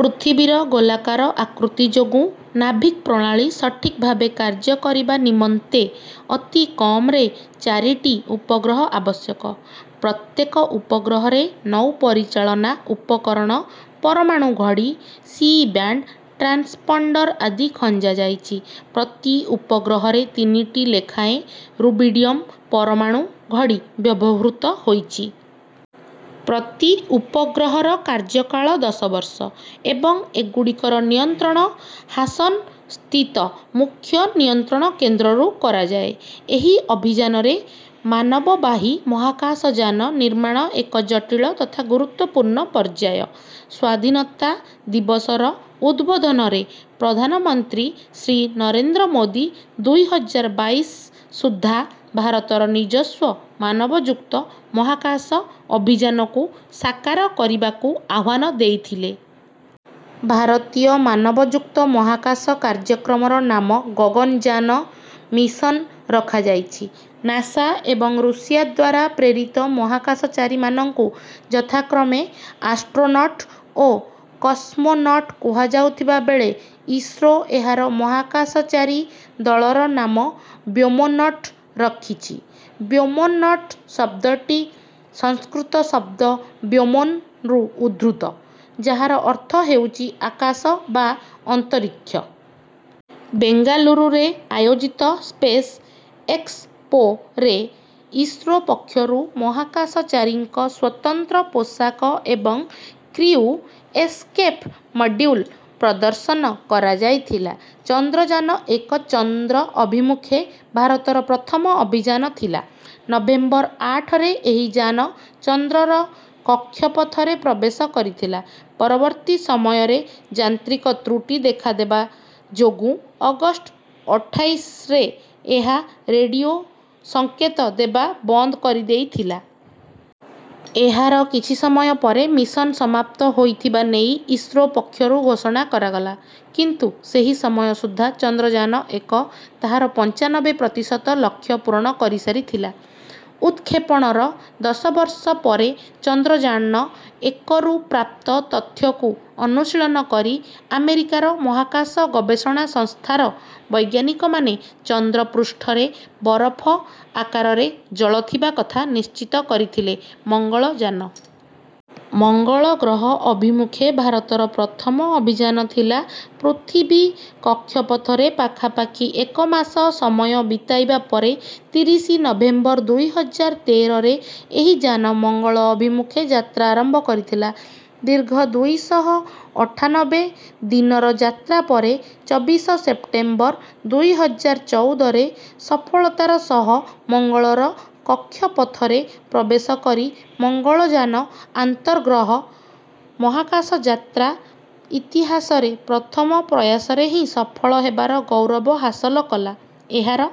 ପୃଥିବୀର ଗୋଲାକାର ଆକୃତି ଯୋଗୁଁ ନାଭିକ୍ ପ୍ରଣାଳୀ ସଠିକ୍ ଭାବେ କାର୍ଯ୍ୟ କରିବା ନିମନ୍ତେ ଅତି କମରେ ଚାରିଟି ଉପଗ୍ରହ ଆବଶ୍ୟକ। ପ୍ରତ୍ୟେକ ଉପଗ୍ରହରେ ନୌପରିଚାଳନା ଉପକରଣ, ପରମାଣୁ ଘଡ଼ି, ସି ବ୍ୟାଣ୍ଡ ଟ୍ରାନ୍ସପଣ୍ଡର ଆଦି ଖଞ୍ଜାଯାଇଛି। ପ୍ରତି ଉପଗ୍ରହରେ ତିନିଟି ଲେଖାଏଁ ରୁବିଡିୟମ୍ ପରମାଣୁ ଘଡ଼ି ବ୍ୟବହୃତ ହୋଇଛି। ପ୍ରତି ଉପଗ୍ରହର କାର୍ଯ୍ୟକାଳ ଦଶ ବର୍ଷ ଏବଂ ଏଗୁଡ଼ିକର ନିୟନ୍ତ୍ରଣ ହାସନ୍ ସ୍ଥିତ ମୁଖ୍ୟ ନିୟନ୍ତ୍ରଣ କେନ୍ଦ୍ରରୁ କରାଯାଏ। ଏହି ଅଭିଯାନରେ ମାନବବାହୀ ମହାକାଶଯାନ ନିର୍ମାଣ ଏକ ଜଟିଳ ତଥା ଗୁରୁତ୍ୱପୂର୍ଣ୍ଣ ପର୍ଯ୍ୟାୟ। ସ୍ୱାଧୀନତା ଦିବସର ଉଦ୍‌ବୋଧନରେ ପ୍ରଧାନମନ୍ତ୍ରୀ ଶ୍ରୀ ନରେନ୍ଦ୍ର ମୋଦୀ ଦୁଇ ହଜାର ବାଇଶ ସୁଦ୍ଧା ଭାରତର ନିଜସ୍ୱ ମାନବଯୁକ୍ତ ମହାକାଶ ଅଭିଯାନକୁ ସାକାର କରିବାକୁ ଆହ୍ୱାନ ଦେଇଥିଲେ। ଭାରତୀୟ ମାନବଯୁକ୍ତ ମହାକାଶ କାର୍ଯ୍ୟକ୍ରମର ନାମ ଗଗନଯାନ ମିଶନ୍ ରଖାଯାଇଛି। ନାସା ଏବଂ ରୁଷିଆ ଦ୍ୱାରା ପ୍ରେରିତ ମହାକାଶଚାରୀମାନଙ୍କୁ ଯଥାକ୍ରମେ ଆଷ୍ଟ୍ରୋନଟ୍ ଓ କସମୋନଟ୍ କୁହାଯାଉଥିବା ବେଳେ, ଇସ୍ରୋ ଏହାର ମହାକାଶଚାରୀ ଦଳର ନାମ ବ୍ୟୋମନଟ୍ ରଖିଛି। ବ୍ୟୋମନଟ୍ ଶବ୍ଦଟି ସଂସ୍କୃତ ଶବ୍ଦ ବ୍ୟୋମରୁ ଉଦ୍ଧୃତ, ଯାହାର ଅର୍ଥ ହେଉଛି ଆକାଶ ବା ଅନ୍ତରୀକ୍ଷ। ବେଙ୍ଗାଲୁରୁରେ ଆୟୋଜିତ ସ୍ପେସ୍ ଏକ୍ସପୋରେ ଇସ୍ରୋ ପକ୍ଷରୁ ମହାକାଶଚାରୀଙ୍କ ସ୍ୱତନ୍ତ୍ର ପୋଷାକ ଏବଂ କ୍ରିଉ ଏସ୍‌କେପ୍ ମଡ୍ୟୁଲ୍ ପ୍ରଦର୍ଶନ କରାଯାଇଥିଲା। ଚନ୍ଦ୍ରଯାନ ଏକ ଚନ୍ଦ୍ର ଅଭିମୁଖେ ଭାରତର ପ୍ରଥମ ଅଭିଯାନ ଥିଲା। ନଭେମ୍ବର ଆଠରେ ଏହି ଯାନ ଚନ୍ଦ୍ରର କକ୍ଷପଥରେ ପ୍ରବେଶ କରିଥିଲା। ପରବର୍ତ୍ତୀ ସମୟରେ ଯାନ୍ତ୍ରିକ ତ୍ରୁଟି ଦେଖାଦେବା ଯୋଗୁଁ ଅଗଷ୍ଟ ଅଠାଇଶରେ ଏହା ରେଡିଓ ସଙ୍କେତ ଦେବା ବନ୍ଦ କରିଦେଇଥିଲା। ଏହାର କିଛି ସମୟ ପରେ ମିଶନ୍ ସମାପ୍ତ ହୋଇଥିବା ନେଇ ଇସ୍ରୋ ପକ୍ଷରୁ ଘୋଷଣା କରାଗଲା କିନ୍ତୁ ସେହି ସମୟ ସୁଦ୍ଧା ଚନ୍ଦ୍ରଯାନ ଏକ ତାହାର ପଞ୍ଚାନବେ ପ୍ରତିଶତ ଲକ୍ଷ୍ୟ ପୂରଣ କରିସାରିଥିଲା। ଉତ୍‌କ୍ଷେପଣର ଦଶ ବର୍ଷ ପରେ ଚନ୍ଦ୍ରଯାନ ଏକରୁ ପ୍ରାପ୍ତ ତଥ୍ୟକୁ ଅନୁଶୀଳନ କରି ଆମେରିକାର ମହାକାଶ ଗବେଷଣା ସଂସ୍ଥାର ବୈଜ୍ଞାନିକମାନେ ଚନ୍ଦ୍ରପୃଷ୍ଠରେ ବରଫ ଆକାରରେ ଜଳ ଥିବା କଥା ନିଶ୍ଚିତ କରିଥିଲେ। ମଙ୍ଗଳଯାନ ମଙ୍ଗଳ ଗ୍ରହ ଅଭିମୁଖେ ଭାରତର ପ୍ରଥମ ଅଭିଯାନ ଥିଲା। ପୃଥିବୀ କକ୍ଷପଥରେ ପାଖାପାଖି ଏକ ମାସ ସମୟ ବିତାଇବା ପରେ ତିରିଶ ନଭେମ୍ବର ଦୁଇ ହଜାର ତେରରେ ଏହି ଯାନ ମଙ୍ଗଳ ଅଭିମୁଖେ ଯାତ୍ରା ଆରମ୍ଭ କରିଥିଲା। ଦୀର୍ଘ ଦୁଇ ଶହ ଅଠାନବେ ଦିନର ଯାତ୍ରା ପରେ ଚବିଶ ସେପ୍ଟେମ୍ବର ଦୁଇ ହଜାର ଚଉଦରେ ସଫଳତାର ସହ ମଙ୍ଗଳର କକ୍ଷପଥରେ ପ୍ରବେଶ କରି ମଙ୍ଗଳଯାନ ଆନ୍ତର୍ଗ୍ରହ ମହାକାଶ ଯାତ୍ରା ଇତିହାସରେ ପ୍ରଥମ ପ୍ରୟାସରେ ହିଁ ସଫଳ ହେବାର ଗୌରବ ହାସଲ କଲା। ଏହାର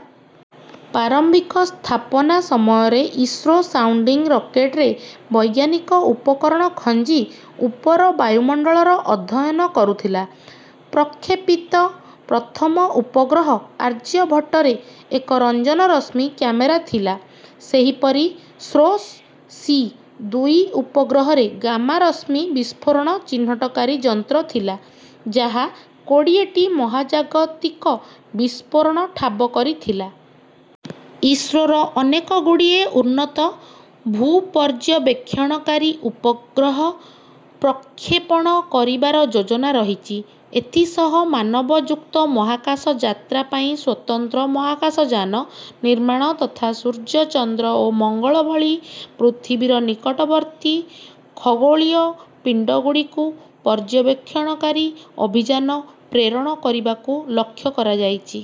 ପ୍ରାରମ୍ଭିକ ସ୍ଥାପନା ସମୟରେ ଇସ୍ରୋ ସାଉଣ୍ଡିଂ ରକେଟ୍‌ରେ ବୈଜ୍ଞାନିକ ଉପକରଣ ଖଞ୍ଜି ଉପର ବାୟୁମଣ୍ଡଳର ଅଧ୍ୟୟନ କରୁଥିଲା। ପ୍ରକ୍ଷେପିତ ପ୍ରଥମ ଉପଗ୍ରହ ଆର୍ଯ୍ୟଭଟ୍ଟରେ ଏକ ରଞ୍ଜନ ରଶ୍ମି କ୍ୟାମେରା ଥିଲା। ସେହିପରି ସ୍ରୋସ୍ ସି ଦୁଇ ଉପଗ୍ରହରେ ଗାମା ରଶ୍ମି ବିସ୍ଫୋରଣ ଚିହ୍ନଟକାରୀ ଯନ୍ତ୍ର ଥିଲା, ଯାହା କୋଡ଼ିଏଟି ମହାଜାଗତିକ ବିସ୍ଫୋରଣ ଠାବ କରିଥିଲା। ଇସ୍ରୋର ଅନେକଗୁଡ଼ିଏ ଉନ୍ନତ ଭୂପର୍ଯ୍ୟବେକ୍ଷଣକାରୀ ଉପଗ୍ରହ ପ୍ରକ୍ଷେପଣ କରିବାର ଯୋଜନା ରହିଛି। ଏଥିସହ ମାନବଯୁକ୍ତ ମହାକାଶ ଯାତ୍ରା ପାଇଁ ସ୍ୱତନ୍ତ୍ର ମହାକାଶଯାନ ନିର୍ମାଣ ତଥା ସୂର୍ଯ୍ୟ, ଚନ୍ଦ୍ର ଓ ମଙ୍ଗଳ ଭଳି ପୃଥିବୀର ନିକଟବର୍ତ୍ତୀ ଖଗୋଳୀୟ ପିଣ୍ଡଗୁଡ଼ିକୁ ପର୍ଯ୍ୟବେକ୍ଷଣକାରୀ ଅଭିଯାନ ପ୍ରେରଣ କରିବାକୁ ଲକ୍ଷ୍ୟ ରଖାଯାଇଛି।